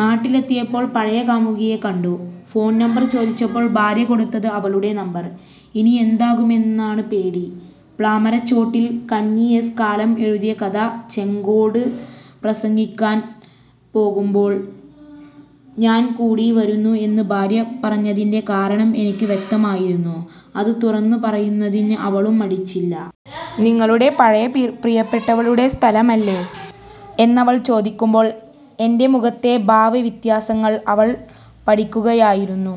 നാട്ടിലെത്തിയപ്പോൾ പഴയ കാമുകിയെ കണ്ടു; 'ഫോൺ നമ്പർ ചോദിച്ചപ്പോൾ ഭാര്യ കൊടുത്തത് അവളുടെ നമ്പർ, ഇനിയെന്താകുമെന്നാണ് പേടി' പ്ലാമരച്ചോട്ടിൽ.. കനി എസ് കലാം എഴുതിയ കഥ ചെങ്കോട് പ്രസംഗിക്കാൻ പോകുമ്പോൾ താൻ കൂടി വരുന്നു എന്ന് ഭാര്യ പറഞ്ഞതിന്റെ കാരണം എനിക്ക് വ്യക്തമായിരുന്നു. അത് തുറന്നു പറയുന്നതിന് അവളും മടിച്ചില്ല. 'നിങ്ങളുടെ പഴയ പ്രിയപ്പെട്ടവളുടെ സ്ഥലമല്ലേ' എന്നവൾ ചോദിക്കുമ്പോൾ എന്റെ മുഖത്തെ ഭാവ വ്യത്യാസങ്ങൾ അവൾ പഠിക്കുകയായിരുന്നു.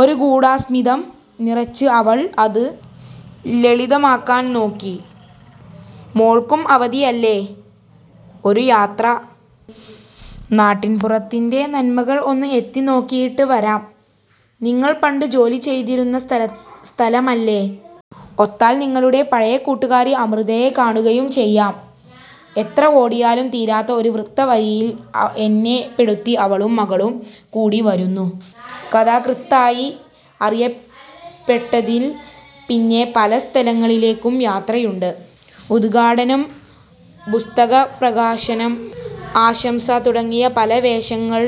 ഒരു ഗൂഢസ്മിതം നിറച്ച് അവൾ അത് ലളിതമാക്കാൻ നോക്കി: "മോൾക്കും അവധിയല്ലേ. ഒരു യാത്ര.. നാട്ടിൻപുറത്തിന്റെ നന്മകൾ ഒന്ന് എത്തി നോക്കിയിട്ട് വരാം. നിങ്ങൾ പണ്ട് ജോലി ചെയ്തിരുന്ന സ്ഥലമല്ലേ. ഒത്താൽ… നിങ്ങളുടെ പഴയ കൂട്ടുകാരി അമൃതയെ കാണുകയും ചെയ്യാം. " എത്ര ഓടിയാലും തീരാത്ത ഒരു വൃത്തവഴിയിൽ എന്നെപ്പെടുത്തി അവളും മകളും കൂടി വരുന്നു. കഥാകൃത്തായി അറിയപ്പെട്ടതിൽ പിന്നെ പല സ്ഥലങ്ങളിലേക്കും യാത്രയുണ്ട്. ഉദ്ഘാടനം, പുസ്തക പ്രകാശനം, ആശംസ തുടങ്ങിയ പല വേഷങ്ങൾ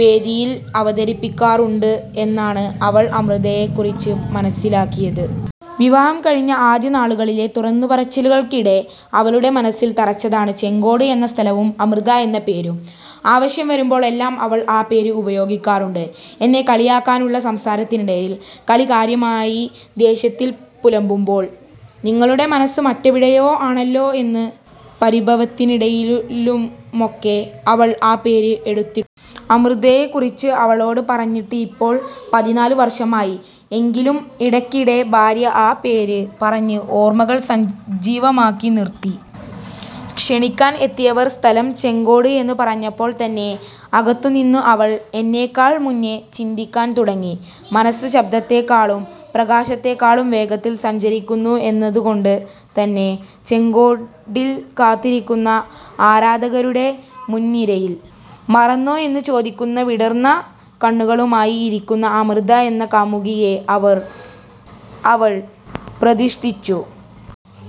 വേദിയിൽ അവതരിപ്പിക്കാറുണ്ട് എന്നാണ് അവൾ അമൃതയെക്കുറിച്ച് മനസ്സിലാക്കിയത്. വിവാഹം കഴിഞ്ഞ ആദ്യ നാളുകളിലെ തുറന്നു പറച്ചിലുകൾക്കിടെ അവളുടെ മനസ്സിൽ തറച്ചതാണ് ചെങ്കോട് എന്ന സ്ഥലവും അമൃത എന്ന പേരും. ആവശ്യം വരുമ്പോൾ എല്ലാം അവൾ ആ പേര് ഉപയോഗിക്കാറുണ്ട്. എന്നെ കളിയാക്കാനുള്ള സംസാരത്തിനിടയിൽ, കളി കാര്യമായി ദേഷ്യത്തിൽ പുലമ്പുമ്പോൾ, നിങ്ങളുടെ മനസ്സ് മറ്റെവിടെയോ ആണല്ലോ എന്ന് പരിഭവത്തിനിടയിലുമൊക്കെ അവൾ ആ പേര് എടുത്തി. അമൃതയെക്കുറിച്ച് അവളോട് പറഞ്ഞിട്ട് ഇപ്പോൾ പതിനാല് വർഷമായി. എങ്കിലും ഇടക്കിടെ ഭാര്യ ആ പേര് പറഞ്ഞ് ഓർമകൾ സജീവമാക്കി നിർത്തി. ക്ഷണിക്കാൻ എത്തിയവർ സ്ഥലം ചെങ്കോട് എന്ന് പറഞ്ഞപ്പോൾ തന്നെ അകത്തുനിന്ന അവൾ എന്നെക്കാൾ മുന്നേ ചിന്തിക്കാൻ തുടങ്ങി. മനസ്സ് ശബ്ദത്തേക്കാളും പ്രകാശത്തേക്കാളും വേഗത്തിൽ സഞ്ചരിക്കുന്നു എന്നതുകൊണ്ട് തന്നെ, ചെങ്കോടിൽ കാത്തിരിക്കുന്ന ആരാധകരുടെ മുൻനിരയിൽ, 'മറന്നോ' എന്ന് ചോദിക്കുന്ന വിടർന്ന കണ്ണുകളുമായി ഇരിക്കുന്ന അമൃത എന്ന കാമുകിയെ അവർ അവൾ പ്രതിഷ്ഠിച്ചു.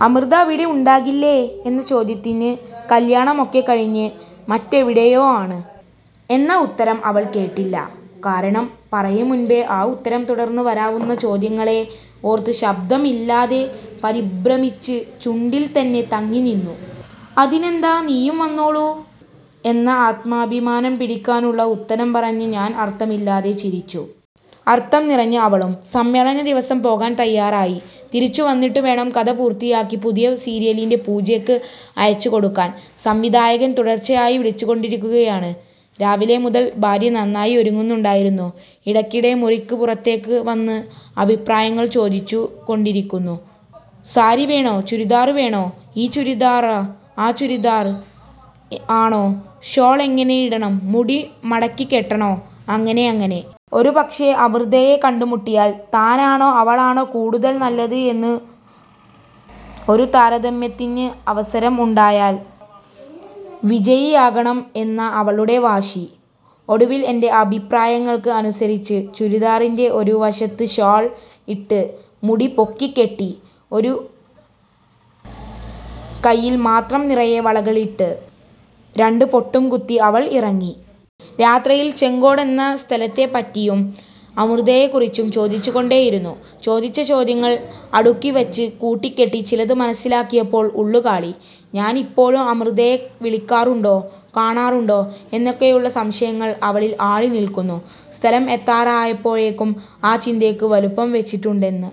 'അമൃത അവിടെ ഉണ്ടാകില്ലേ' എന്ന ചോദ്യത്തിന് കല്യാണമൊക്കെ കഴിഞ്ഞ് മറ്റെവിടെയോ ആണ്' എന്ന ഉത്തരം അവൾ കേട്ടില്ല. കാരണം, പറയും മുമ്പ് ആ ഉത്തരം തുടർന്ന് വരാവുന്ന ചോദ്യങ്ങളെ ഓർത്ത് ശബ്ദം ഇല്ലാതെ പരിഭ്രമിച്ച് ചുണ്ടിൽ തന്നെ തങ്ങിനിന്നു. 'അതിനെന്താ നീയും വന്നോളൂ' എന്ന് ആത്മാഭിമാനം പിടിക്കാനുള്ള ഉത്തരം പറഞ്ഞ് ഞാൻ അർഥമില്ലാതെ ചിരിച്ചു. അർഥം നിറഞ്ഞ് അവളും. സമ്മേളന ദിവസം പോകാൻ തയാറായി. തിരിച്ചു വന്നിട്ട് വേണം കഥ പൂർത്തിയാക്കി പുതിയ സീരിയലിന്റെ പൂജയ്ക്ക് അയച്ചുകൊടുക്കാൻ. സംവിധായകൻ തുടർച്ചയായി വിളിച്ചുകൊണ്ടിരിക്കുകയാണ്. രാവിലെ മുതൽ ഭാര്യ നന്നായി ഒരുങ്ങുന്നുണ്ടായിരുന്നു. ഇടക്കിടെ മുറിക്ക് പുറത്തേക്ക് വന്ന് അഭിപ്രായങ്ങൾ ചോദിച്ചു കൊണ്ടിരിക്കുന്നു. 'സാരി വേണോ ചുരിദാർ വേണോ, ഈ ചുരിദാർ ആണോ ആ ചുരിദാർ ആണോ, ഷോൾ എങ്ങനെ ഇടണം, മുടി മടക്കി കെട്ടണോ' അങ്ങനെ അങ്ങനെ. ഒരുപക്ഷേ അമൃതയെ കണ്ടുമുട്ടിയാൽ, താനാണോ അവളാണോ കൂടുതൽ നല്ലത് എന്ന് ഒരു താരതമ്യത്തിന് അവസരം ഉണ്ടായാൽ വിജയിയാകണം എന്ന അവളുടെ വാശി. ഒടുവിൽ എന്റെ അഭിപ്രായങ്ങൾക്ക് അനുസരിച്ച് ചുരിദാറിന്റെ ഒരു വശത്ത് ഷാൾ ഇട്ട്, മുടി പൊക്കി കെട്ടി, ഒരു കൈയിൽ മാത്രം നിറയെ വളകളിട്ട്, രണ്ട് പൊട്ടും കുത്തി അവൾ ഇറങ്ങി. യാത്രയിൽ ചെങ്കോട് എന്ന സ്ഥലത്തെപ്പറ്റിയും അമൃതയെക്കുറിച്ചും ചോദിച്ചുകൊണ്ടേയിരുന്നു. ചോദിച്ച ചോദ്യങ്ങൾ അടുക്കിവച്ച് കൂട്ടിക്കെട്ടി ചിലത് മനസ്സിലാക്കിയപ്പോൾ ഉള്ളുകാളി. ഞാനിപ്പോഴും അമൃതയെ വിളിക്കാറുണ്ടോ കാണാറുണ്ടോ എന്നൊക്കെയുള്ള സംശയങ്ങൾ അവളിൽ ആളി നിൽക്കുന്നു. സ്ഥലം എത്താറായപ്പോഴേക്കും ആ ചിന്തയ്ക്ക് വലുപ്പം വച്ചിട്ടുണ്ടെന്ന്